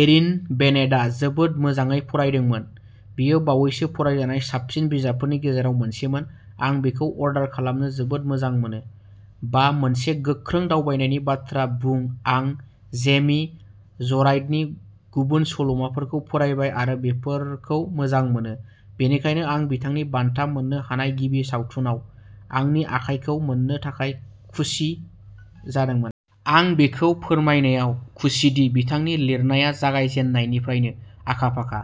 Erin बेनेटआ जोबोद मोजाङै फरायदोंमोन। बेयो बावैसो फरायजानाय साबसिन बिजाबफोरनि गेजेराव मोनसेमोन। आं बेखौ अर्डार खालामनो जोबोद मोजां मोनो। बा, मोनसे गोख्रों दावबायनायनि बाथ्रा बुं आं जेमी जराइटनि गुबुन सल'माफोरखौ फरायबाय आरो बेफोरखौ मोजां मोनो, बेनिखायनो आं बिथांनि बान्था मोन्नो हानाय गिबि सावथुनआव आंनि आखायखौ मोन्नो थाखाय खुसि जादोंमोन। आं बेखौ फोरमायनायाव खुसिदि बिथांनि लिरनाया जागायजेन्नायनिफ्रायनो आखा-फाखा।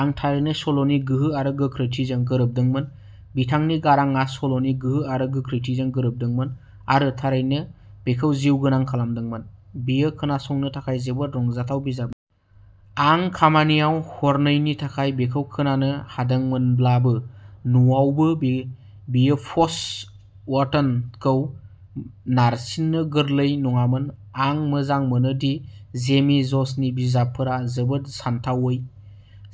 आं थारैनो सल'नि गोहो आरो गोख्रैथिजों गोरोबदोंमोन। बिथांनि गारांआ सल'नि गोहो आरो गोख्रैथिजों गोरोबदोंमोन आरो थारैनो बेखौ जिउगोनां खालामदोंमोन। बेयो खोनासंनो थाखाय जोबोद रंजाथाव बिजाब। आं खामानियाव हरनैनि थाखाय बेखौ खोनानो हादोंमोनब्लाबो, न'आवबो बे बेयो प'ज वटनखौ नारसिननो गोरलै नङामोन। आं मोजां मोनो दि जेमी ज'जनि बिजाबफोरा जोबोद सानथावै।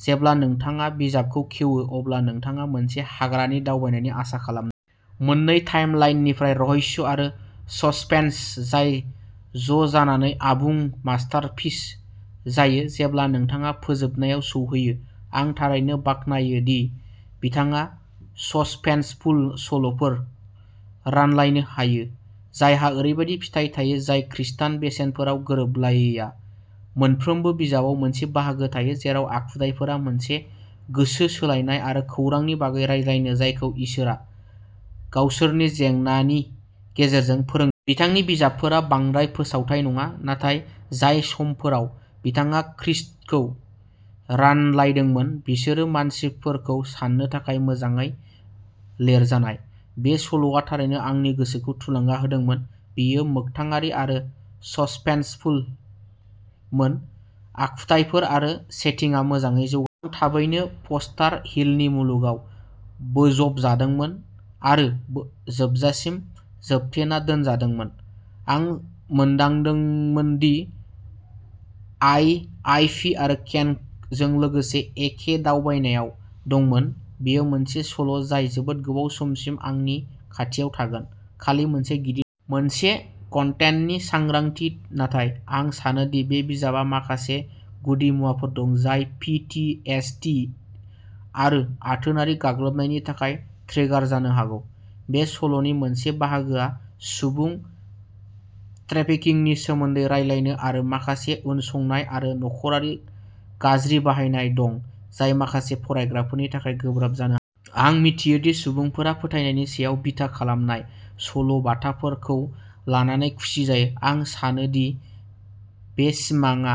जेब्ला नोंथाङा बिजाबखौ खेवो, अब्ला नोंथाङा मोनसे हाग्रानि दावबायनायनि आसा खालामो। मोननै टाइमलाइननिफ्राय रहस्य आरो ससपेन्स जाय जजानानै आबुं मास्टारपिस जायो जेब्ला नोंथाङा फोजोबनायाव सौहैयो। आं थारैनो बाख्नायो दि बिथाङा ससपेन्सफुल सल'फोर रानलायनो हायो जायहा ओरैबायदि फिथाइ थायो जाय खृस्टान बेसेनफोराव गोरोबलायैया। मोनफ्रोमबो बिजाबाव मोनसे बाहागो थायो जेराव आखुथाइफोरा मोनसे गोसो सोलायनाय आरो खौरांनि बागै रायज्लायो जायखौ इसोरआ गावसोरनि जेंनानि गेजेरजों फोरों। बिथांनि बिजाबफोरा बांद्राय फोसावथाव नङा नाथाय जाय समफोराव बिथाङा खृस्टखौ रानलायदोंमोन बेफोरो मानसिफोरखौ साननो थाखाय मोजाङै लिरजानाय। बे सल'आ थारैनो आंनि गोसोखौ थुलुंगा होदोंमोन। बेयो मोगथाङारि आरो ससपेन्सफुलमोन। आखुथाइफोर आरो सेटिंआ मोजाङै जौ --- थाबैनो फस्टार हिलनि मुलुगाव बोजबजादोंमोन आरो जोबजासिम जोबथेना दोनजादोंमोन। आं मोनदांदोंमोन दि आइ आइभी आरो केनजों लोगोसे एखे दावबायनायाव दंमोन। बेयो मोनसे सल' जाय जोबोद गोबाव समसिम आंनि खाथियाव थागोन। खालि मोनसे गिदिर --- मोनसे कन्टेन्टनि सांग्रांथि, नाथाय आं सानो दि बे बिजाबा माखासे गुदि मुवाफोर दं जाय पि ति एस दि आरो आथोनारि गाग्लोबनायनि थाखाय ट्रिगार जानो हागौ। बे सल'नि मोनसे बाहागोआ सुबुं त्रेफिकिंनि सोमोन्दै रायलायनो आरो माखासे उनसंनाय आरो नख'रारि गाज्रि बाहायनाय दं जाय माखासे फरायग्राफोरनि थाखाय गोब्राब जानो --- आं मिथियो दि सुबुंफोरा फोथायनायनि सायाव बिथा खालामनाय सल'बाथाफोरखौ लानानै खुसि जायो। आं सानो दि बे सिमांआ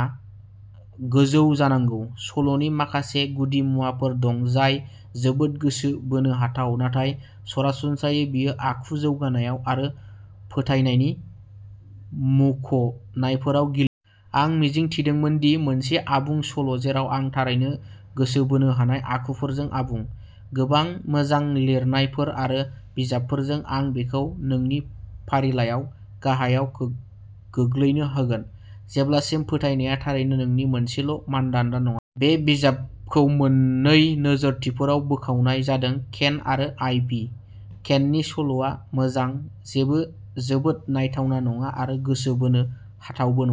गोजौ जानांगौ। सल'नि माखासे गुदिमुवाफोर दं जाय जोबोद गोसो बोनो हाथाव नाथाय सरासनस्रायै बेयो आखु जौगानायाव आरो फोथायनायनि मुख'नायफोराव गिलि --- आं मिजिंथिदोंमोन दि मोनसे आबुं सल' जेराव आं थारैनो गोसो बोनो हानाय आखुफोरजों आबुं। गोबां मोजां लिरनायफोर आरो बिजाबफोरजों, आं बेखौ नोंनि फारिलाइआव गाहायाव गो गोग्लैनो होगोन, जेब्लासिम फोथायनाया थारैनो नोंनि मोनसेल' मानदान्दा नङा। बे बिजाबखौ मोन्नै नोजोरथिफोराव बोखावनाय जादों केन आरो आइभि। केननि सल'आ मोजां जेबो जोबोद नायथावना नङा आरो गोसो बोनो हाथावबो न ---